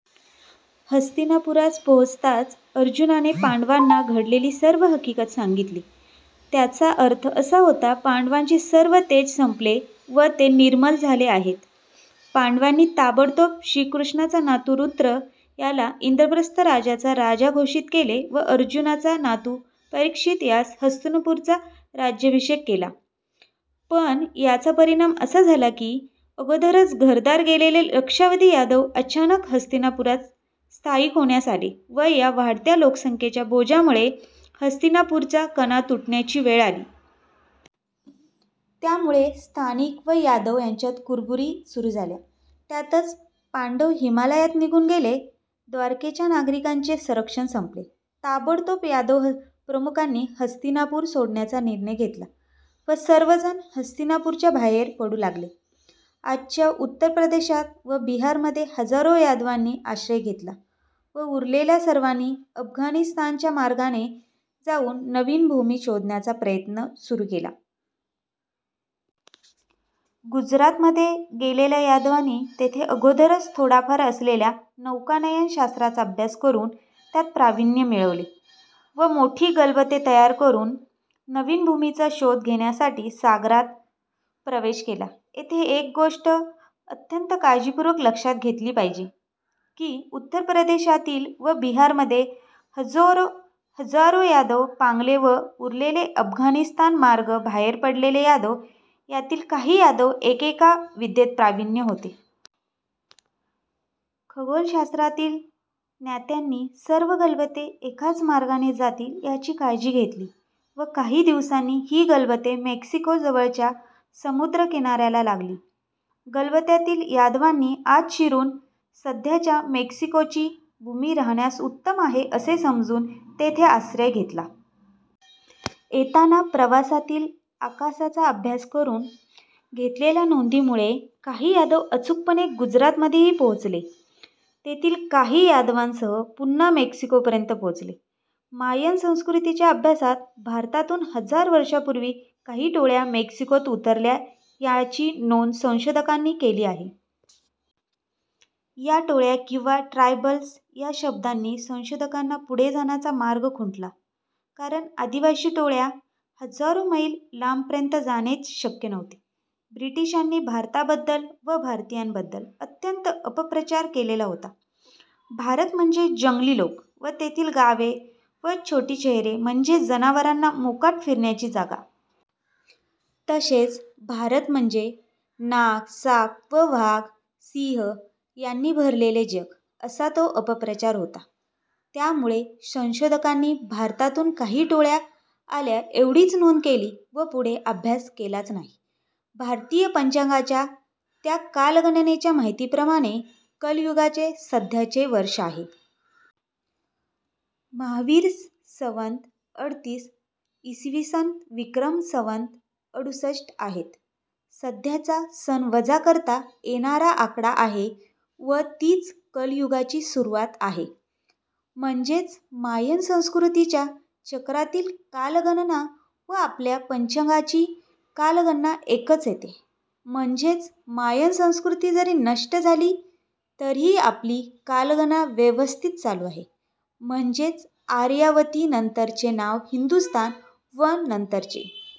हस्तिनापुरास पोहोचताच अर्जुनाने पांडवांना घडलेली सर्व हकीकत सांगितली. त्याचा अर्थ असा होता पांडवांचे सर्व तेज संपले व ते निर्मल झाले आहेत. पांडवांनी ताबडतोब श्रीकृष्णाचा नातू वृत्र याला इंद्रप्रस्थ राज्याचा राजा घोषित केले व अर्जुनाचा नातू परीक्षित यास हस्तिनापूरचा राज्याभिषेक केला पण याचा परिणाम असा झाला की अगोदरच घरदार गेलेले लक्षावधी यादव अचानक हस्तिनापुरात स्थायिक होण्यास आले व या वाढत्या लोकसंख्येच्या बोजामुळे हस्तिनापूरचा कणा तुटण्याची वेळ आली. त्यामुळे स्थानिक व यादव यांच्यात कुरबुरी सुरू झाल्या. त्यातच पांडव हिमालयात निघून गेले. द्वारकेच्या नागरिकांचे संरक्षण संपले. ताबडतोब यादव प्रमुखांनी हस्तिनापुर सोडण्याचा निर्णय घेतला व सर्वजण हस्तिनापूरच्या बाहेर पडू लागले. आजच्या उत्तर प्रदेशात व बिहारमध्ये हजारो यादवांनी आश्रय घेतला व उरलेल्या सर्वांनी अफगाणिस्तानच्या मार्गाने जाऊन नवीन भूमी शोधण्याचा प्रयत्न सुरू केला. गुजरातमध्ये गेलेल्या यादवांनी तेथे अगोदरच थोड्याफार असलेल्या नौकानयन शास्त्राचा अभ्यास करून त्यात प्रावीण्य मिळविले व मोठी गलबते तयार करून नवीन भूमीचा शोध घेण्यासाठी सागरात प्रवेश केला. येथे एक गोष्ट अत्यंत काळजीपूर्वक लक्षात घेतली पाहिजे की उत्तर प्रदेशातील व बिहारमध्ये हजारो यादव पांगले व उरलेले अफगाणिस्तान मार्गे बाहेर पडलेले यादव यातील काही यादव एकेका विद्येत प्रवीण होते. खगोलशास्त्रातील ज्ञात्यांनी सर्व गलबते एकाच मार्गाने जातील याची काळजी घेतली व काही दिवसांनी ही गलबते मेक्सिको जवळच्या समुद्रकिनाऱ्याला लागली. गलबतातील यादवांनी आत शिरून सध्याच्या मेक्सिकोची भूमी राहण्यास उत्तम आहे असे समजून तेथे आश्रय घेतला. येताना प्रवासातील आकाशाचा अभ्यास करून घेतलेल्या नोंदीमुळे काही यादव अचूकपणे गुजरातमध्येही पोहोचले. तेथील काही यादवांसह पुन्हा मॅक्सिकोपर्यंत पोहोचले. मायन संस्कृतीच्या अभ्यासात भारतातून हजार वर्षांपूर्वी काही टोळ्या मेक्सिकोत उतरल्या याची नोंद संशोधकांनी केली आहे. या टोळ्या किंवा ट्रायबल्स या शब्दांनी संशोधकांना पुढे जाण्याचा मार्ग खुंटला कारण आदिवासी टोळ्या हजारो मैल लांबपर्यंत जाणेच शक्य नव्हते. ब्रिटिशांनी भारताबद्दल व भारतीयांबद्दल अत्यंत अपप्रचार केलेला होता. भारत म्हणजे जंगली लोक व तेथील गावे व छोटी शहरे म्हणजे जनावरांना मोकाट फिरण्याची जागा. तसेच भारत म्हणजे नाग, साप व वाघ, सिंह यांनी भरलेले जग असा तो अपप्रचार होता. त्यामुळे संशोधकांनी भारतातून काही टोळ्या आल्या एवढीच नोंद केली व पुढे अभ्यास केलाच नाही. भारतीय पंचांगाच्या त्या कालगणनेच्या माहितीप्रमाणे कलियुगाचे सध्याचे वर्ष आहे. महावीर संवत अडतीस इ. स. विक्रम संवत अडुसष्ट आहेत. सध्याचा सन वजा करता येणारा आकडा आहे व तीच कलियुगाची सुरुवात आहे. म्हणजेच मायन संस्कृतीच्या चक्रातील कालगणना व आपल्या पंचांगाची कालगणना एकच येते. म्हणजेच मायन संस्कृती जरी नष्ट झाली तरीही आपली कालगणना व्यवस्थित चालू आहे. म्हणजेच आर्यावती नंतरचे नाव हिंदुस्तान व नंतरचे